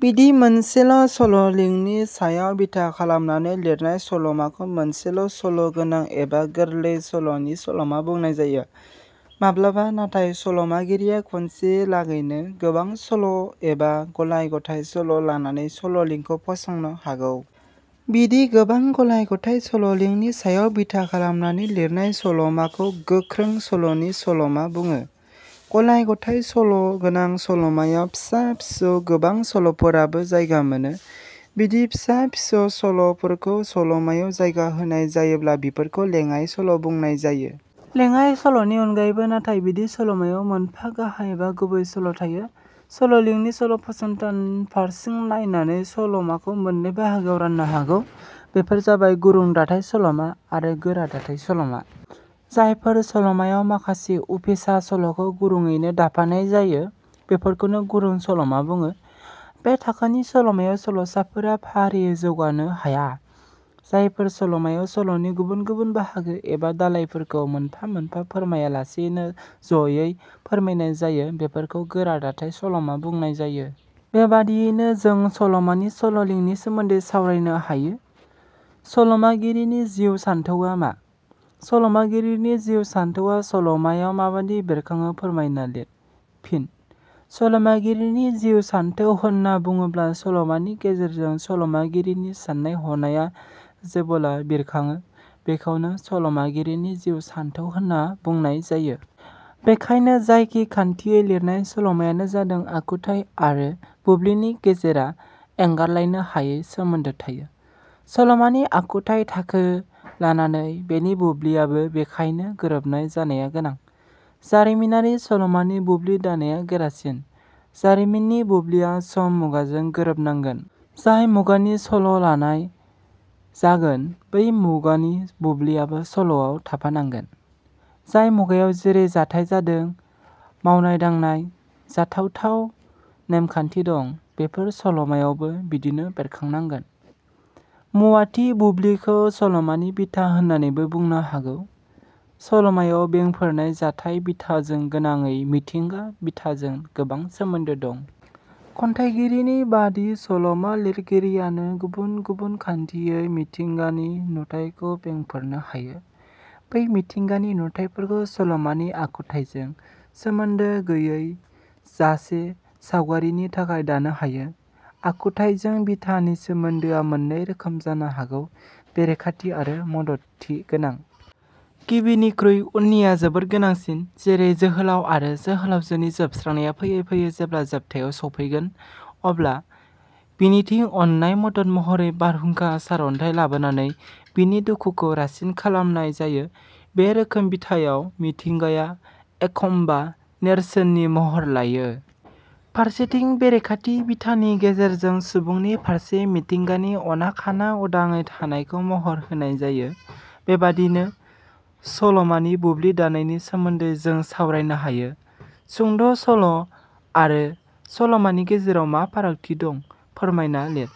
बिदि मोनसेल' सल 'लिंनि सायाव बिथा खालामनानै लिरनाय सल 'माखौ मोनसेल' सल 'गोनां एबा गोरलै सल 'नि सल'मा बुंनाय जायो। माब्लाबा नाथाय सल 'मागिरिया खनसेलागैनो गोबां सल' एबा गलाय-गथाय सल' लानानै सल 'लिंखौ फसंनो हागौ। बिदि गोबां गलाय गथाय सल 'लिंनि सायाव बिथा खालामनानै लिरनाय सल 'माखौ गोख्रों सल 'नि सल'मा बुङो। गलाय-गथाय सल'गोनां सल 'मायाव फिसा फिसौ गोबां सल'फोराबो जायगा मोनो। बिदि फिसा फिसौ सल 'फोरखौ सल 'मायाव जायगा होनाय जायोब्ला बिफोरखौ लेंङाइ सल' बुंनाय जायो। लेङाइ सल 'नि अनगायैबो नाथाय बिदि सल 'मायाव मोनफा गाहाइ एबा गुबै सल' थायो। सल 'लिंनि सल' फसंथान फारसिं नायनानै सल 'माखौ मोननै बाहागोआव राननो हागौ। बेफोर जाबाय-गुरुं दाथाइ सल'मा आरो गोरा दाथाइ सल'मा। जायफोर सल'मायाव माखासे उफेसा सल'खौ गुरुङैनो दाफानाय जायो बेफोरखौनो गुरुं सल'मा बुङो। बे थाखोनि सल'मायाव सल 'साफोरा फारियै जौगानो हाया। जायफोर सल'मायाव सल'नि गुबुन गुबुन बाहागो एबा दालाइफोरखौ मोनफा मोनफा फोरमायालासेनो ज'यै फोरमायनाय जायो बेफोरखौ गोरा दाथाइ सल'मा बुंनाय जायो। बेबादियैनो जों सल 'मानि सल 'लिंनि सोमोन्दै सावरायनो हायो। सल मागिरिनि जिउ सान्थौवा मा? सल 'मागिरिनि जिउ सानथौवा सल 'मायाव माबादि बेरखाङो फोरमायना लिर। फिन: सल'मागिरिनि जिउ सानथौ होनना बुङोब्ला सल'मानि गेजेरजों सल 'मागिरिनि साननाय हनाया जेबला बेरखाङो बेखौनो सल 'मागिरिनि जिउ सानथौ होनना बुंनाय जायो। बेखायनो जायखि खान्थियै लिरनाय सल'मायानो जादों आखुथाइ आरो बुब्लिनि गेजेरा एंगारलायनो हायै सोमोन्दो थायो। सलमानि आखुथाइ थाखो लानानै बेनि बुब्लियाबो बेखायनो गोरोबनाय जानाया गोनां। जारिमिनारि सल'मानि बुब्लि दानाया गोरासिन। जारिमिननि बुब्लिया सम-मुगाजों गोरोबनांगोन। जाय मुगानि सल' लानाय, जागोन बै मुगानि बुब्लियाबो सल'आव थाफानांगोन। जाय मुगायाव जेरै जाथाइ जादों, मावनाय-दांनाय, जाथाव-थाव नेम-खान्थि दं, बेफोर सल 'मायावबो बिदिनो बेरखांनांगोन। मुवाथि बुब्लिखौ सलमानि बिथा होननानैबो बुंनो हागौ। सल 'मायाव बेंफोरनाय जाथाय-बिथाजों गोनाङै मिथिंगा बिथाजों गोबां सोमोन्दो दं। खन्थाइगिरिनि बादि सल'मा लिरगिरियानो गुबुन गुबुन खान्थियै मिथिंगानि नुथायखौ बेंफोरनो हायो। बै मिथिंगानि नुथायफोरखौ सल'मानि आखुथाइजों सोमोन्दो गैयै जासे सावगारिनि थाखाय दानो हायो। आखुथाइजों बिथानि सोमोन्दोआ मोननै रोखोम जानो हागौ- बेरेखाथि आरो मददथि गोनां। गिबिनिख्रुइ उननिया जोबोर गोनांसिन। जेरै जोहोलाव आरो जोहोलावजोनि जोबस्रांनाया फैयै फैयै जेब्ला जोबथायाव सफैगोन, अब्ला बिनिथिं अननाय मदद महरै बारहुंखा सारन्थाइ लाबोनानै बिनि दुखुखौ रासिन खालामनाय जायो। बे रोखोमनि बिथायाव मिथिंगाया एखम्बा नेरसोन नि महर लायो। फारसेथिं बेरेखाथि बिथानि गेजेरजों सुबुंनि फारसे मिथिंगानि अनाखाना उदाङै थानायखौ महर होनाय जायो। बेबादिनो सलमानि बुब्लि दानायनि सोमोन्दै जों सावरायनो हायो। सुंद' सल' आरो सलमानि गेजेराव मा फारागथि दं फोरमायना लिर।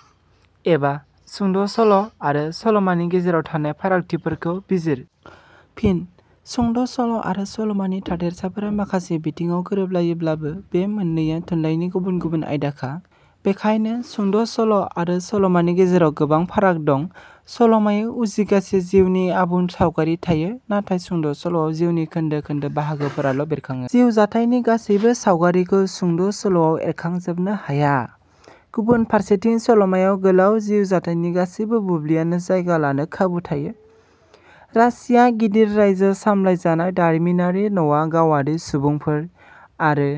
"एबा" सुंद' सल' आरो सलमानि गेजेराव थानाय फारागथिफोरखौ बिजिर। फिन: सुंद' सल' आरो सलमानि थादेरसाफोरा माखासे बिथिङाव गोरोबलायोब्लाबो बे मोननैया थुनलाइनि गुबुन गुबुन आयदाखा। बेखायनो सुंद' सल' आरो सल 'मानि गेजेराव गोबां फाराग दं। सल 'मायाव उजिगासे जिउनि आबुं सावगारि थायो नाथाय सुंद' सल'आव जिउनि खोन्दो खोन्दो बाहागोफोराल' बेरखाङो। जिउ जाथाइनि गासैबो सावगारिखौ सुंद' सल'आव एरखांजोबनो हाया। गुबुन फारसेथिं सल 'मायाव गोलाव जिउ जाथाइनि गासैबो बुब्लियानो जायगा लानो खाबु थायो। रासिया गिदिर रायजो सामलायजानाय दारिमिनारि न'आ गावारि सुबुंफोर आरो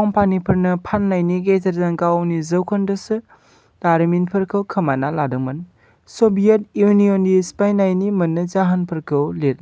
कम्पानिफोरनो फाननायनि गेजेरजों गावनि जौखोन्दोसो दारिमिनफोरखौ खोमाना लादोंमोन। सभियेट इउनियननि सिफायनायनि मोननै जाहोनफोरखौ लिर?